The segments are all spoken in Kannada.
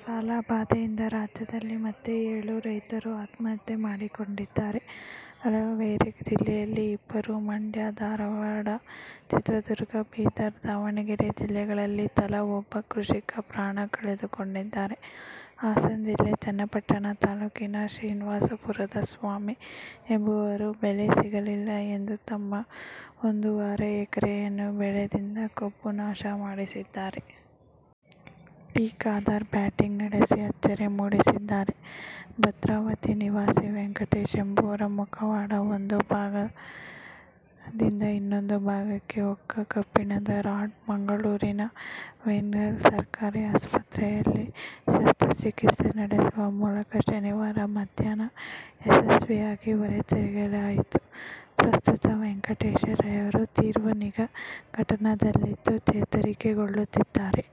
ಸಾಲ ಬಾಧೆಯಿಂದ ರಾಜ್ಯದಲ್ಲಿ ಮತ್ತೆ ಏಳು ರೈತರು ಆತ್ಮಹತ್ಯೆ ಮಾಡಿಕೊಂಡಿದ್ದಾರೆ. ಹಾವೇರಿ ಜಿಲ್ಲೆಯಲ್ಲಿ ಇಬ್ಬರು, ಮಂಡ್ಯ, ಧಾರವಾಡ, ಚಿತ್ರದುರ್ಗ, ಬೀದರ, ದಾವಣಗೆರೆ ಜಿಲ್ಲೆಗಳಲ್ಲಿ ತಲಾ ಒಬ್ಬ ಕೃಷಿಕ ಪ್ರಾಣ ಕಳೆದುಕೊಂಡಿದ್ದಾರೆ. ಹಾಸನ ಜಿಲ್ಲೆ ಚನ್ನರಾಯಪಟ್ಟಣ ತಾಲೂಕಿನ ಶ್ರೀನಿವಾಸ ಪುರದ ಸ್ವಾಮಿ ಎಂಬುವವರು ಬೆಲೆ ಸಿಗಲಿಲ್ಲ ಎಂದು ತಮ್ಮ ಒಂದೂವರೆ ಎಕರೆಯಲ್ಲಿ ಬೆಳೆದಿದ್ದ ಕಬ್ಬು ನಾಶಪಡಿಸಿದ್ದಾರೆ. ಟಿ. ಖಾದರ್ ಬ್ಯಾಟಿಂಗ್ ನಡೆಸಿ ಅಚ್ಚರಿ ಮೂಡಿಸಿದ್ದಾರೆ. ಭದ್ರಾವತಿ ನಿವಾಸಿ ವೆಂಕಟೇಶ್ ಎಂಬುವರ ಮುಖದ ಒಂದು ಭಾಗದಿಂದ ಇನ್ನೊಂದು ಭಾಗಕ್ಕೆ ಹೊಕ್ಕ ಕಬ್ಬಿಣದ ರಾಡ್ನ್ನು ಮಂಗಳೂರಿನ ವೆನ್ಲಾಕ್ ಸರಕಾರಿ ಆಸ್ಪತ್ರೆಯಲ್ಲಿ ಶಸ್ತ್ರಚಿಕಿತ್ಸೆ ನಡೆಸುವ ಮೂಲಕ ಶನಿವಾರ ಮಧ್ಯಾಹ್ನ ಯಶಸ್ವಿಯಾಗಿ ಹೊರತೆಗೆಯಲಾಯಿತು. ಪ್ರಸ್ತುತ ವೆಂಕಟೇಶ್ ಅವರು ತೀವ್ರ ನಿಗಾ ಘಟಕದಲ್ಲಿದ್ದು ಚೇತರಿಸಿಕೊಳ್ಳುತ್ತಿದ್ದಾರೆ.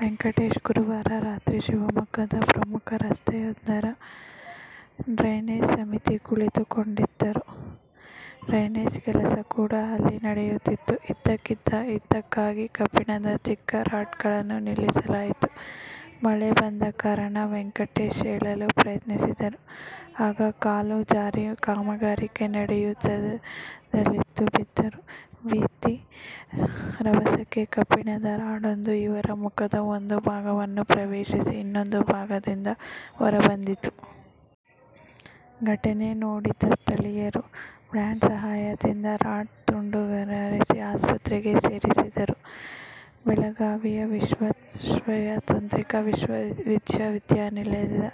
ವೆಂಕಟೇಶ್, ಗುರುವಾರ ರಾತ್ರಿ ಶಿವಮೊಗ್ಗದ ಪ್ರಮುಖ ರಸ್ತೆಯೊಂದರ ಡ್ರೈನೇಜ್ ಸಮೀಪ ಕುಳಿತುಕೊಂಡಿದ್ದರು. ಡ್ರೈನೇಜ್ ಕೆಲಸ ಕೂಡ ಅಲ್ಲಿ ನಡೆಯುತ್ತಿದ್ದು, ಇದಕ್ಕಾಗಿ ಕಬ್ಬಿಣದ ಚಿಕ್ಕ ರಾಡ್ಗಳನ್ನು ನಿಲ್ಲಿಸಲಾಗಿತ್ತು. ಮಳೆ ಬಂದ ಕಾರಣ ವೆಂಕಟೇಶ್ ಏಳಲು ಪ್ರಯತ್ನಿಸಿದರು. ಆಗ ಕಾಲು ಜಾರಿ ಕಾಮಗಾರಿ ನಡೆಯುತ್ತಿದ್ದಲ್ಲಿಗೆ ಬಿದ್ದರು. ಬಿದ್ದ ರಭಸಕ್ಕೆ ಕಬ್ಬಿಣದ ರಾಡೊಂದು ಇವರ ಮುಖದ ಒಂದು ಭಾಗವನ್ನು ಪ್ರವೇಶಿಸಿ, ಇನ್ನೊಂದು ಭಾಗದಿಂದ ಹೊರ ಬಂದಿತ್ತು. ಘಟನೆ ನೋಡಿದ ಸ್ಥಳೀಯರು ಬ್ಲೇಡ್ ಸಹಾಯದಿಂದ ರಾಡ್ ತುಂಡರಿಸಿ, ಆಸ್ಪತ್ರೆಗೆ ಸೇರಿಸಿದ್ದರು. ಬೆಳಗಾವಿಯ ವಿಶ್ವೇಶ್ವರಯ್ಯ ತಾಂತ್ರಿಕ ವಿಶ್ವವಿದ್ಯಾಲಯದ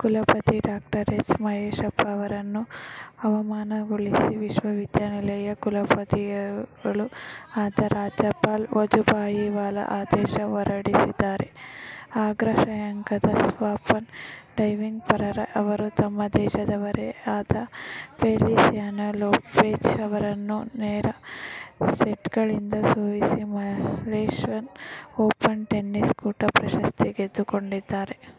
ಕುಲಪತಿ ಡಾ ಎಚ್. ಮಹೇಶಪ್ಪ ಅವರನ್ನು ಅಮಾನತುಗೊಳಿಸಿ ವಿಶ್ವವಿದ್ಯಾಲಯಗಳ ಕುಲಾಧಿಪತಿಗಳೂ ಆದ ರಾಜ್ಯಪಾಲ ವಜುಭಾಯಿ ವಾಲಾ ಆದೇಶ ಹೊರಡಿಸಿದ್ದಾರೆ. ಅಗ್ರ ಶ್ರೇಯಾಂಕದ ಸ್ಪೇನ್ನ ಡೇವಿಡ್ ಫೆರರ್ ಅವರು ತನ್ನ ದೇಶದವರೇ ಆದ ಫೆಲಿಸಿಯಾನೊ ಲೊಪೆಜ್ ಅವರನ್ನು ನೇರ ಸೆಟ್ಗಳಿಂದ ಸೋಲಿಸಿ ಮಲೇಶ್ಯನ್ ಓಪನ್ ಟೆನಿಸ್ ಕೂಟದ ಪ್ರಶಸ್ತಿ ಗೆದ್ದುಕೊಂಡಿದ್ದಾರೆ.